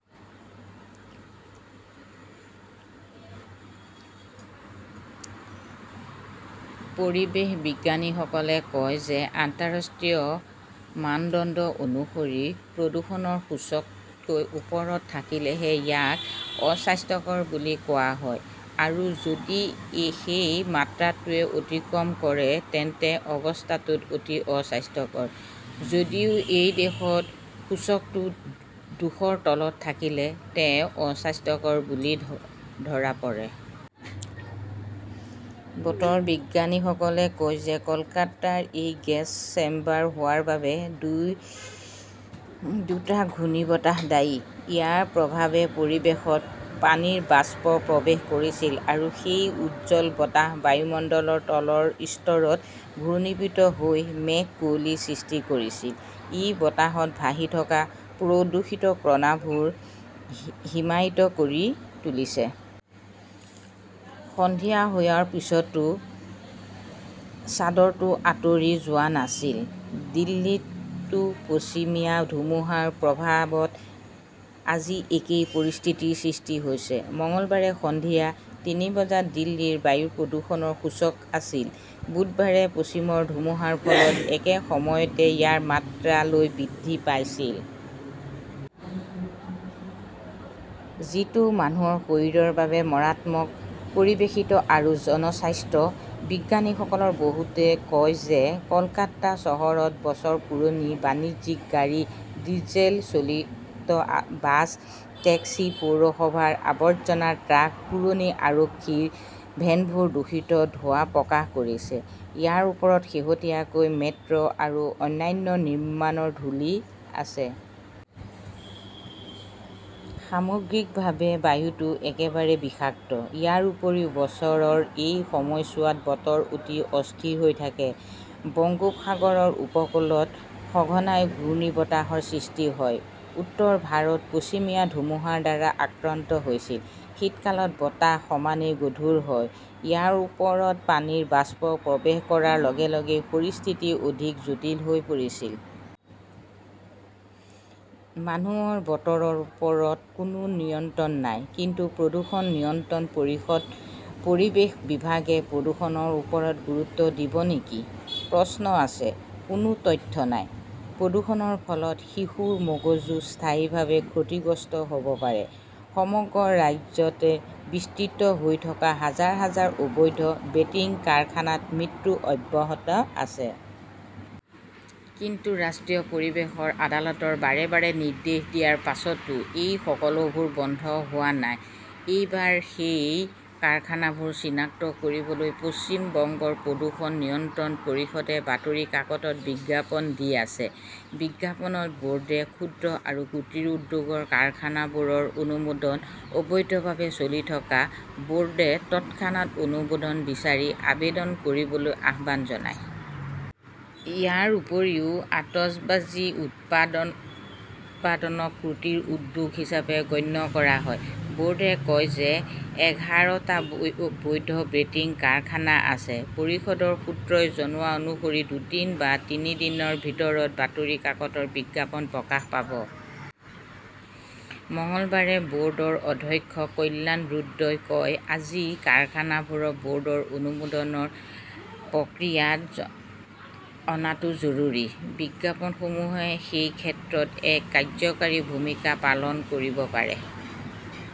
পৰিৱেশ বিজ্ঞানীসকলে কয় যে আন্তঃৰাষ্ট্ৰীয় মানদণ্ড অনুসৰি প্ৰদূষণৰ সূচক তকৈ ওপৰত থাকিলেহে ইয়াক 'অস্বাস্থ্যকৰ বুলি কোৱা হয়। আৰু যদি সেই মাত্ৰাটোৱে অতিক্ৰম কৰে, তেন্তে অৱস্থাটো 'অতি অস্বাস্থ্যকৰ'। যদিও এই দেশত সূচকটো দুশৰ তলত থাকিলে তেওঁক 'অস্বাস্থ্যকৰ বুলি ধৰা পৰে। বতৰ বিজ্ঞানীসকলে কয় যে কলকাতাৰ এই 'গেছ চেম্বাৰ হোৱাৰ বাবে দুটা ঘূৰ্ণীবতাহ দায়ী। ইয়াৰ প্ৰভাৱে পৰিৱেশত পানীৰ বাষ্প প্ৰৱেশ কৰিছিল আৰু সেই উজ্জ্বল বতাহ বায়ুমণ্ডলৰ তলৰ স্তৰত ঘনীভূত হৈ মেঘ-কুঁৱলী সৃষ্টি কৰিছিল। ই বতাহত ভাহি থকা প্ৰদূষিত কণাবোৰ হিমায়িত কৰি তুলিছে। সন্ধিয়া হোৱাৰ পিছতো চাদৰটো আঁতৰি যোৱা নাছিল। দিল্লীতো পশ্চিমীয়া ধুমুহাৰ প্ৰভাৱত আজি একেই পৰিস্থিতিৰ সৃষ্টি হৈছে। মঙলবাৰে সন্ধিয়া তিনি বজাত দিল্লীৰ বায়ু প্ৰদূষণৰ সূচক আছিল। বুধবাৰে পশ্চিমৰ ধুমুহাৰ ফলত একে সময়তে ইয়াৰ মাত্ৰা লৈ বৃদ্ধি পাইছিল। যিটো মানুহৰ শৰীৰৰ বাবে মাৰাত্মক। পৰিৱেশবিদ আৰু জনস্বাস্থ্য বিজ্ঞানীসকলৰ বহুতে কয় যে কলকাতা চহৰত বছৰ পুৰণি বাণিজ্যিক গাড়ী, ডিজেল চালিত বাছ, টেক্সি, পৌৰসভাৰ আবৰ্জনা ট্ৰাক, পুৰণি আৰক্ষীৰ ভেনবোৰে দূষিত ধোঁৱা প্ৰকাশ কৰিছে। ইয়াৰ ওপৰত শেহতীয়াকৈ মেট্ৰ 'আৰু অন্যান্য নিৰ্মাণৰ ধূলি আছে। সামগ্ৰিকভাৱে, বায়ুটো একেবাৰে বিষাক্ত। ইয়াৰ উপৰিও বছৰৰ এই সময়ছোৱাত বতৰ অতি অস্থিৰ হৈ থাকে। বংগোপসাগৰৰ উপকূলত সঘনাই ঘূৰ্ণীবতাহৰ সৃষ্টি হয়। উত্তৰ ভাৰত পশ্চিমীয়া ধুমুহাৰ দ্বাৰা আক্ৰান্ত হৈছিল। শীতকালত বতাহ সমানেই গধুৰ হয়। ইয়াৰ ওপৰত পানীৰ বাষ্প প্ৰৱেশ কৰাৰ লগে লগে পৰিস্থিতি অধিক জটিল হৈ পৰিছিল। মানুহৰ বতৰৰ ওপৰত কোনো নিয়ন্ত্ৰণ নাই। কিন্তু প্ৰদূষণ নিয়ন্ত্ৰণ পৰিষদ, পৰিৱেশ বিভাগে প্ৰদূষণৰ ওপৰত গুৰুত্ব দিব নেকি? প্ৰশ্ন আছে। কোনো তথ্য নাই। প্ৰদূষণৰ ফলত শিশুৰ মগজু স্থায়ীভাৱে ক্ষতিগ্ৰস্ত হব পাৰে! সমগ্ৰ ৰাজ্যতে বিস্তৃত হৈ থকা হাজাৰ-হাজাৰ অবৈধ বেটিং কাৰখানাত মৃত্যু অব্যাহত আছে। কিন্তু ৰাষ্ট্ৰীয় পৰিৱেশ আদালতৰ বাৰে বাৰে নিৰ্দেশ দিয়াৰ পিছতো এই সকলোবোৰ বন্ধ হোৱা নাই। এইবাৰ সেই কাৰখানাবোৰ চিনাক্ত কৰিবলৈ পশ্চিম বংগ প্ৰদূষণ নিয়ন্ত্ৰণ পৰিষদে বাতৰি কাকতত বিজ্ঞাপন দি আছে। বিজ্ঞাপনত বোৰ্ডে ক্ষুদ্ৰ আৰু কুটীৰ উদ্যোগৰ কাৰখানাবোৰৰ অনুমোদন অবৈধভাৱে চলি থকা বোৰ্ডে তৎক্ষণাত অনুমোদন বিচাৰি আবেদন কৰিবলৈ আহ্বান জনায়। ইয়াৰ উপৰিও, আতচবাজী উৎপাদনক কুটিৰ উদ্যোগ হিচাপে গণ্য কৰা হয়। বৰ্ডে কয় যে এঘাৰ টা বৈধ বেটিং কাৰখানা আছে। পৰিষদৰ সূত্ৰই জনোৱা অনুসৰি দুদিন বা তিনি দিনৰ ভিতৰত বাতৰি কাকতত বিজ্ঞাপন প্ৰকাশ পাব। মঙলবাৰে বৰ্ডৰ অধ্যক্ষ কল্যাণ ৰুদ্ৰই কয়, বাজি কাৰখানাবোৰক বৰ্ডৰ অনুমোদন প্ৰক্ৰিয়াত অনাটো জৰুৰী। বিজ্ঞাপনসমূহে সেই ক্ষেত্ৰত এক কাৰ্যকৰী ভূমিকা পালন কৰিব পাৰে।